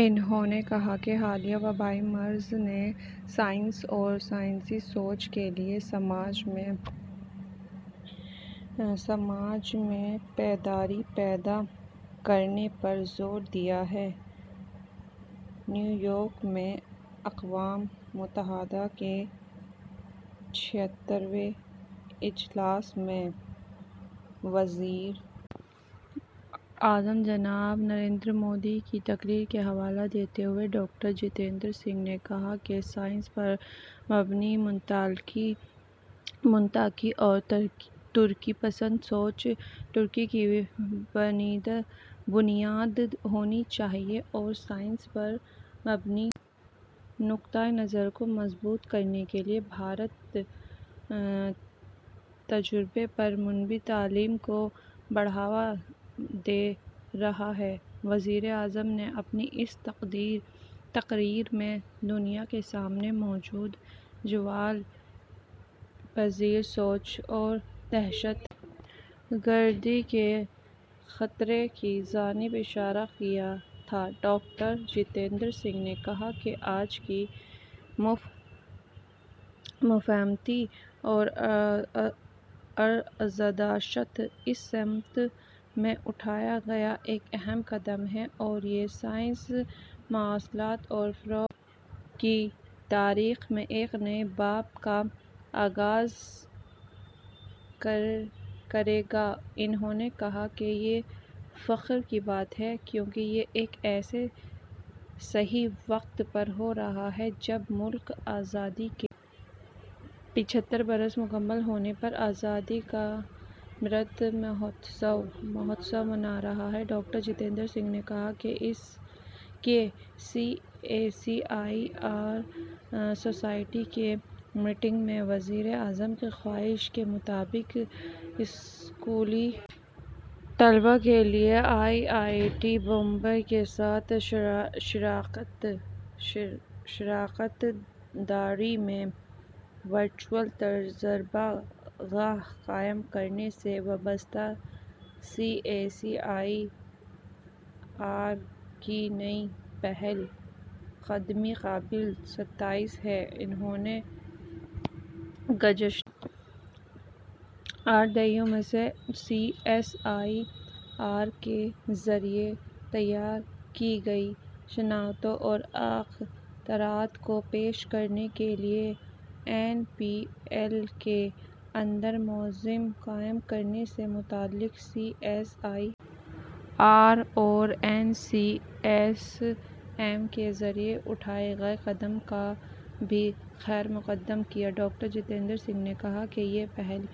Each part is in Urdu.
انہوں نے کہا کہ حالیہ وبائی مرض نے سائنس اور سائنسی سوچ کے لیے سماج میں بیداری پیدا کرنے پر زور دیا ہے نیویارک میں اقوام متحدہ کے چھہتر ویں اجلاس میں وزیر اعظم جناب نریندر مودی کی تقریر کا حوالہ دیتے ہوئے ڈاکٹر جتیندر سنگھ نے کہا کہ سائنس پر مبنی منطقی اور ترقی پسند سوچ ترقی کی بنیاد ہونی چاہیے اور سائنس پر مبنی نقطہ نظر کو مضبوط کرنے کے لیے بھارت تجربے پر مبنی تعلیم کو بڑھاوا دے رہا ہے وزیر اعظم نے اپنی اس تقریر میں دنیا کے سامنے موجود زوال پذیر سوچ اور دہشت گردی کے خطرے کی جانب اشارہ کیا تھا ڈاکٹر جتیندر سنگھ نے کہا کہ آج کی مفاہمتی عرضداشت اس سمت میں اٹھایا گیا ایک اہم قدم ہے اور یہ سائنسی مواصلات اور فروغ کی تاریخ میں ایک نئے باب کا آغاز کرے گا انہوں نے کہا کہ یہ فخر کی بات ہے کیونکہ یہ ایک ایسے صحیح وقت پر ہو رہا ہے جب ملک آزادی کے پچھتر برس مکمل ہونے پر آزادی کا امرت مہوتسو منا رہا ہے ڈاکٹر جتیندر سنگھ نے کہا کہ C S I R society کی میٹنگ میں وزیر اعظم کی خواہش کے مطابق اسکولی طلبہ کے لیے آئی آئی ٹی بمبئی کے ساتھ شراکت داری میں ورچوئل تجربہ گاہ قائم کرنے سے وابستہ سی ایس آئی آر کی نئی پہل قدمی قابل ستائش ہے انہوں نے گزشتہ آٹھ دہائیوں میں سی ایس آئی آر کے ذریعہ تیار کی گئی صنعتوں اور اختراعات کو پیش کرنے کے لیے این پی ایل کے اندر میوزیم قائم کرنے سے متعلق سی ایس آئی آر اور این سی ایس ایم کے ذریعہ اٹھائے گئے قدم کا بھی خیرمقدم کیا ڈاکٹر جتیندر سنگھ نے کہا کہ یہ پہل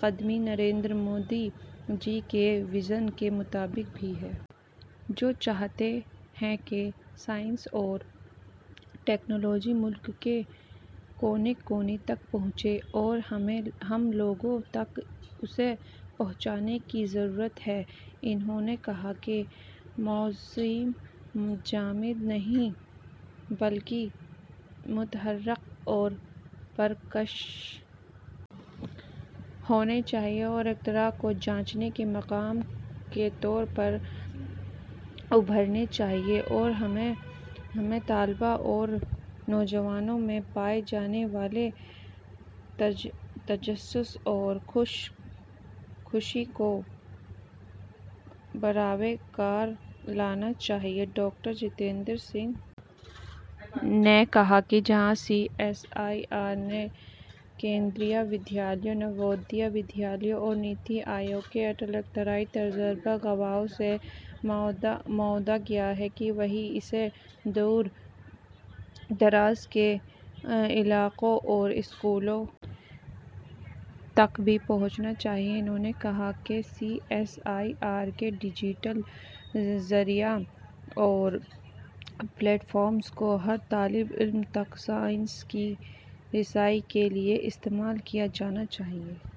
قدمی نریندر مودی جی کے ویژن کے مطابق بھی ہے جو چاہتے ہیں کہ سائنس اور ٹیکنالوجی ملک کے کونے کونے تک پہنچے اور ہمیں لوگوں تک اسے پہنچانے کی ضرورت ہے انہوں نے کہا کہ میوزیم جامد نہیں بلکہ متحرک اور پرکشش ہونے چاہئیں اور اختراع کو جانچنے کے مقام کے طور پر ابھرنے چاہئیں اور ہمیں طلبہ اور نوجوانوں میں پائے جانے والے تجسس اور جوش کو بروئے کار لانا چاہیے ڈاکٹر جتیندر سنگھ نے کہا کہ جہاں سی ایس آئی آر نے کیندریہ ودیالیوں نوودیہ ودیالیوں اور نیتی آیوگ کی اٹل اختراعی تجربہ گاہوں سے معاہدہ کیا ہے وہیں اسے دور دراز کے علاقوں اور اسکولوں تک بھی پہنچنا چاہیے انہوں نے کہا کہ سی ایس آئی آر کے ڈیجیٹل ذرائع اور پلیٹ فارمز کو ہر طالب علم تک سائنس کی رسائی کے لیے استعمال کیا جانا چاہیے